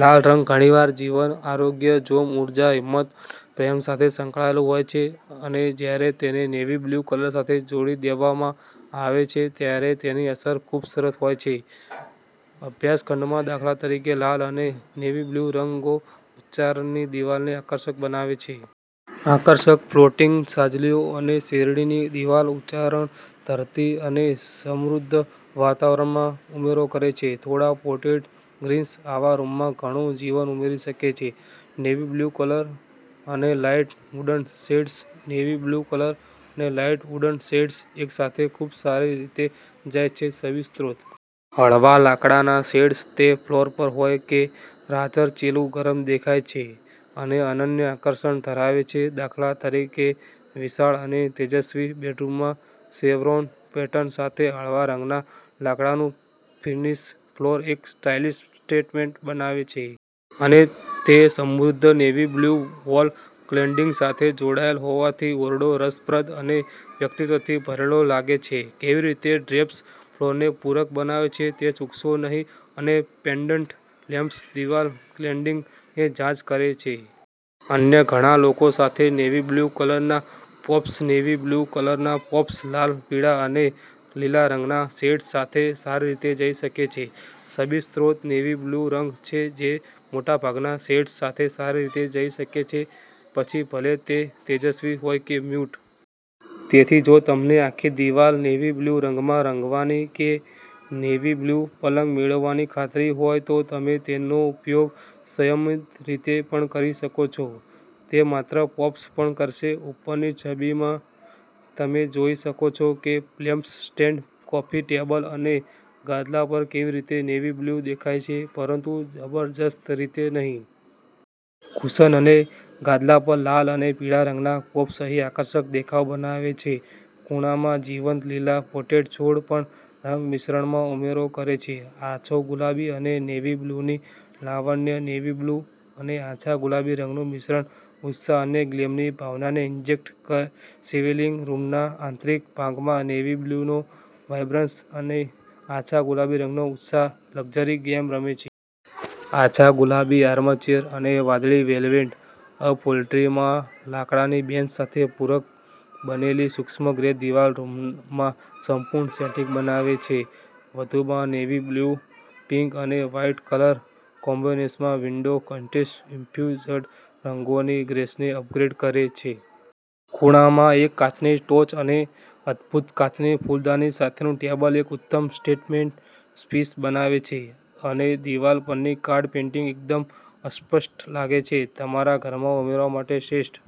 લાલ રંગ ઘણીવાર જીવન, આરોગ્ય, જોમ, ઊર્જા, હિંમત અને પ્રેમ સાથે સંકળાયેલું હોય છે. અને જ્યારે તેને નેવી-બ્લુ કલર સાથે જોડી દેવામાં આવે છે, ત્યારે તેની અસર ખૂબસૂરત હોય છે. અભ્યાસ ખંડમાં, દાખલા તરીકે, લાલ અને નેવી-બ્લુ રંગો ઉચ્ચારની દિવાલને આકર્ષક બનાવે છે. આકર્ષક ફ્લોટિંગ છાજલીઓ અને શેરડીની દિવાલ ઉચ્ચારણ ધરતી અને સમૃદ્ધ વાતાવરણમાં ઉમેરો કરે છે. થોડા પોટેડ ગ્રીન્સ આવા રૂમમાં ઘણું જીવન ઉમેરી શકે છે. નેવી બ્લુ કલર અને light wooden shades navy blue colour અને લાઈટ વુડન શેડ્સ એકસાથે ખૂબસારી રીતે જાય છે છબી સ્ત્રોત. હળવા લાકડાના શેડ્સ, તે ફ્લોર પર હોય કે રાચરચીલું, ગરમ દેખાય છે અને અનન્ય આકર્ષણ ધરાવે છે. દાખલા તરીકે, વિશાળ અને તેજસ્વી બેડરૂમમાં, શેવરોન પેટર્ન સાથે હળવા રંગના લાકડાનું ફિનિશ ફ્લોર એક સ્ટાઇલિશ સ્ટેટમેન્ટ બનાવે છે. અને તે સમૃદ્ધ નેવી-બ્લ્યુ વોલ ક્લેડીંગ સાથે જોડાયેલ હોવાથી, ઓરડો રસપ્રદ અને વ્યક્તિત્વથી ભરેલો લાગે છે. કેવી રીતે ડ્રેપ્સ ફ્લોરને પૂરક બનાવે છે તે ચૂકશો નહીં અને પેન્ડન્ટ લેમ્પ્સ દિવાલ ક્લેડીંગને જાઝ કરે છે. અન્ય ઘણા લોકો સાથે નેવી-બ્લુ કલરના પોપ્સનેવી-બ્લુ કલરના પોપ્સ લાલ, પીળા અને લીલા રંગના શેડ્સ સાથે સારી રીતે જઈ શકે છે છબી સ્ત્રોત. નેવી બ્લુરંગ છે જે મોટાભાગના શેડ્સ સાથે સારી રીતે જઈ શકે છે, પછી ભલે તે તેજસ્વી હોય કે મ્યૂટ. તેથી, જો તમને આખી દિવાલ નેવી-બ્લુ રંગમાં રંગવાની કે નેવી-બ્લુ પલંગ મેળવવાની ખાતરીહોય તો તમે તેનો ઉપયોગ સંયમિત રીતે પણ કરી શકો છો. તે માત્ર પોપ્સ પણ કરશે. ઉપરની છબીમાં, તમે જોઈ શકો છો કે લેમ્પ સ્ટેન્ડ, કોફી ટેબલ અને ગાદલા પર કેવી રીતે નેવી-બ્લુ દેખાય છે, પરંતુ જબરજસ્ત રીતે નહીં. કુશન અને ગાદલા પર લાલ અને પીળા રંગના પોપ્સ અહીં આકર્ષક દેખાવ બનાવે છે. ખૂણામાં જીવંત લીલા પોટેડ છોડ પણ રંગ મિશ્રણમાં ઉમેરો કરે છે. આછો ગુલાબી અને નેવી બ્લુની લાવણ્ય નેવી બ્લુ અને આછા ગુલાબી રંગનું મિશ્રણ ઉત્સાહ અને ગ્લેમની ભાવનાને ઇન્જેક્ટ કરે છેલિવિંગ રૂમના આંતરિક ભાગમાં નેવી બ્લુનો વાઇબ્રન્સ અને આછા ગુલાબી રંગનો ઉત્સાહ લક્ઝરી ગેમ રમે છે. આછા ગુલાબી આર્મચેર અને વાદળી વેલ્વેટ અપહોલ્સ્ટ્રીમાં લાકડાની બેન્ચ સાથે પૂરક બનેલી સૂક્ષ્મ ગ્રે દિવાલ, રૂમમાં સંપૂર્ણ સેટિંગ બનાવે છે. વધુમાં, નેવી બ્લુ, પિંક અને વ્હાઇટના કલર કોમ્બિનેશનમાં વિન્ડો કર્ટેન્સ ઇન્ફ્યુઝ્ડ રંગોની ગ્રેસને અપગ્રેડ કરે છે. ખૂણામાં એક કાચની ટોચ અને અદભૂત કાચની ફૂલદાની સાથેનું ટેબલ એક ઉત્તમ સ્ટેટમેન્ટ પીસ બનાવે છે અને દિવાલ પરની કાર્ડ પેઇન્ટિંગ એકદમ અસ્પષ્ટ લાગે છે. તમારા ઘરમાં ઉમેરવા માટે શ્રેષ્ઠ